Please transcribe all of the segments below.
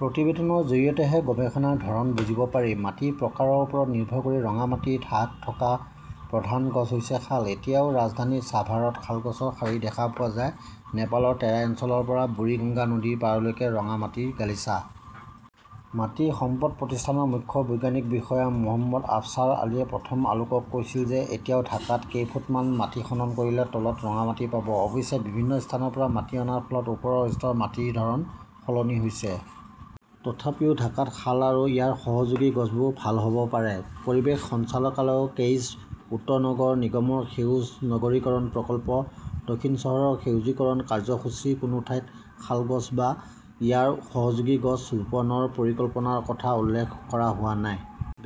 প্ৰতিবেদনৰ জৰিয়তেহে গৱেষণাৰ ধৰণ বুজিব পাৰি। মাটিৰ প্ৰকাৰৰ ওপৰত নিৰ্ভৰ কৰি ৰঙা মাটিৰ ঢাক থকা প্ৰধান গছ হৈছে শাল। এতিয়াও ৰাজধানী চাভাৰত শাল গছৰ শাৰী দেখা পোৱা যায়। নেপালৰ টেৰাই অঞ্চলৰ পৰা বুৰিগঙ্গা নদীৰ পাৰলৈকে ৰঙা মাটিৰ গালিচা। মাটি সম্পদ প্ৰতিষ্ঠানৰ মুখ্য বৈজ্ঞানিক বিষয়া মো. আফচাৰ আলীয়ে প্ৰথম আলোকক কৈছিল যে এতিয়াও ঢাকাত কেইফুট মান মাটি খনন কৰিলে তলত ৰঙা মাটি পাব। অৱশ্যে, বিভিন্ন স্থানৰ পৰা মাটি অনাৰ ফলত ওপৰৰ স্তৰৰ মাটিৰ ধৰণ সলনি হৈছে। তথাপিও ঢাকাত শাল আৰু ইয়াৰ সহযোগী গছবোৰ ভাল হ'ব পাৰে। পৰিৱেশ সঞ্চালকালয়ৰ কেইছ, উত্তৰ নগৰ নিগমৰ সেউজ নগৰীকৰণ প্ৰকল্প, দক্ষিণ চহৰৰ সেউজীকৰণ কাৰ্যসূচীৰ কোনো ঠাইত শাল গছ বা ইয়াৰ সহযোগী গছ ৰোপণৰ পৰিকল্পনাৰ কথা উল্লেখ কৰা হোৱা নাই।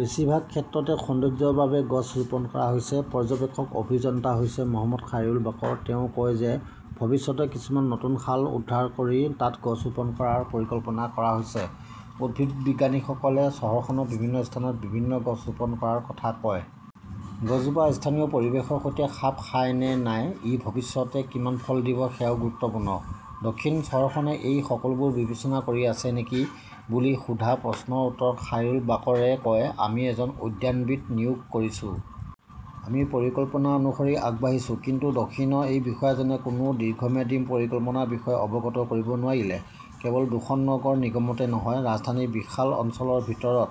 বেছিভাগ ক্ষেত্ৰতে, সৌন্দৰ্য্যৰ বাবে গছ ৰোপণ কৰা হৈছে। পৰ্যবেক্ষক অভিযন্তা হৈছে মো. খাইৰুল বাকৰ। তেওঁ কয় যে ভৱিষ্যতে কিছুমান নতুন খাল উদ্ধাৰ কৰি তাত গছ ৰোপণ কৰাৰ পৰিকল্পনা কৰা হৈছে। উদ্ভিদবিজ্ঞানীসকলে চহৰখনৰ বিভিন্ন স্থানত বিভিন্ন গছ ৰোপণ কৰাৰ কথা কয়। গছজোপা স্থানীয় পৰিৱেশৰ সৈতে খাপ খায় নে নাই, ই ভৱিষ্যতে কিমান ফল দিব সেয়াও গুৰুত্বপূৰ্ণ। দক্ষিণ চহৰখনে এই সকলোবোৰ বিবেচনা কৰি আছে নেকি বুলি সোধা প্ৰশ্নৰ উত্তৰত খাইৰুল বাকৰে কয়, আমি এজন উদ্যানবিদ নিয়োগ কৰিছো। আমি পৰিকল্পনা অনুসৰি আগবাঢ়িছো। কিন্তু দক্ষিণৰ এই বিষয়াজনে কোনো দীৰ্ঘম্যাদী পৰিকল্পনাৰ বিষয়ে অৱগত কৰিব নোৱাৰিলে। কেৱল দুখন নগৰ নিগমতে নহয়, ৰাজধানীৰ বিশাল অঞ্চলৰ ভিতৰত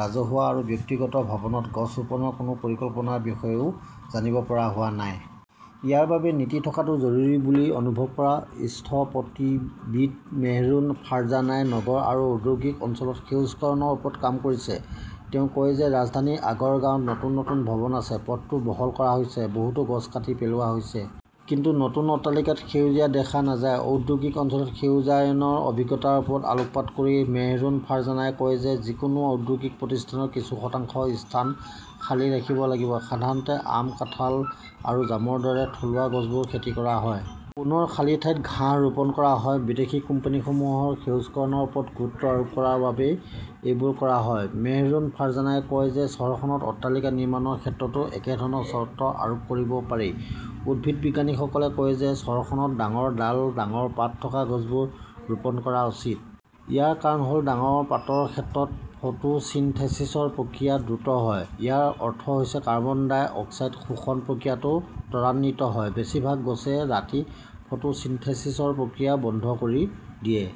ৰাজহুৱা আৰু ব্যক্তিগত ভৱনত গছ ৰোপণৰ কোনো পৰিকল্পনাৰ বিষয়েও জানিব পৰা হোৱা নাই। ইয়াৰ বাবে নীতি থকাটো জৰুৰী বুলি অনুভৱ কৰা স্থপতিবিদ মেহৰুন ফাৰ্জানাই নগৰ আৰু ঔদ্যোগিক অঞ্চলত সেউজকৰণৰ ওপৰত কাম কৰিছে। তেওঁ কয় যে ৰাজধানী আগৰগাঁৱত নতুন নতুন ভৱন আছে। পথটো বহল কৰা হৈছে। বহুতো গছ কাটি পেলোৱা হৈছে। কিন্তু নতুন অট্টালিকাত সেউজীয়া দেখা নাযায়। ঔদ্যোগিক অঞ্চলত সেউজায়নৰ অভিজ্ঞতাৰ ওপৰত আলোকপাত কৰি মেহৰুন ফাৰ্জানাই কয় যে যিকোনো ঔদ্যোগিক প্ৰতিষ্ঠানত কিছু শতাংশ স্থান খালী ৰাখিব লাগিব। সাধাৰণতে আম, কাঁঠাল আৰু জামৰ দৰে থলুৱা গছবোৰ খেতি কৰা হয়। পুনৰ খালী ঠাইত ঘাঁহ ৰোপণ কৰা হয়। বিদেশী কোম্পানীসমূহে সেউজকৰণৰ ওপৰত গুৰুত্ব আৰোপ কৰাৰ বাবেই এইবোৰ কৰা হয়। মেহৰুন ফাৰ্জানাই কয় যে চহৰখনত অট্টালিকা নিৰ্মাণৰ ক্ষেত্ৰতো একেধৰণৰ চৰ্ত আৰোপ কৰিব পাৰি। উদ্ভিদবিজ্ঞানীসকলে কয় যে চহৰখনত ডাঙৰ ডাল, ডাঙৰ পাত থকা গছবোৰ ৰোপণ কৰা উচিত। ইয়াৰ কাৰণ হ'ল, ডাঙৰ পাতৰ ক্ষেত্ৰত ফটোচিনথেসিসৰ প্ৰক্ৰিয়া দ্ৰুত হয়। ইয়াৰ অৰ্থ হৈছে কাৰ্বন ডাই অক্সাইড শোষণ প্ৰক্ৰিয়াটো ত্বৰান্বিত হয়। বেছিভাগ গছে ৰাতি‌ ফটোচিনথেসিসৰ প্ৰক্ৰিয়া বন্ধ কৰি দিয়ে।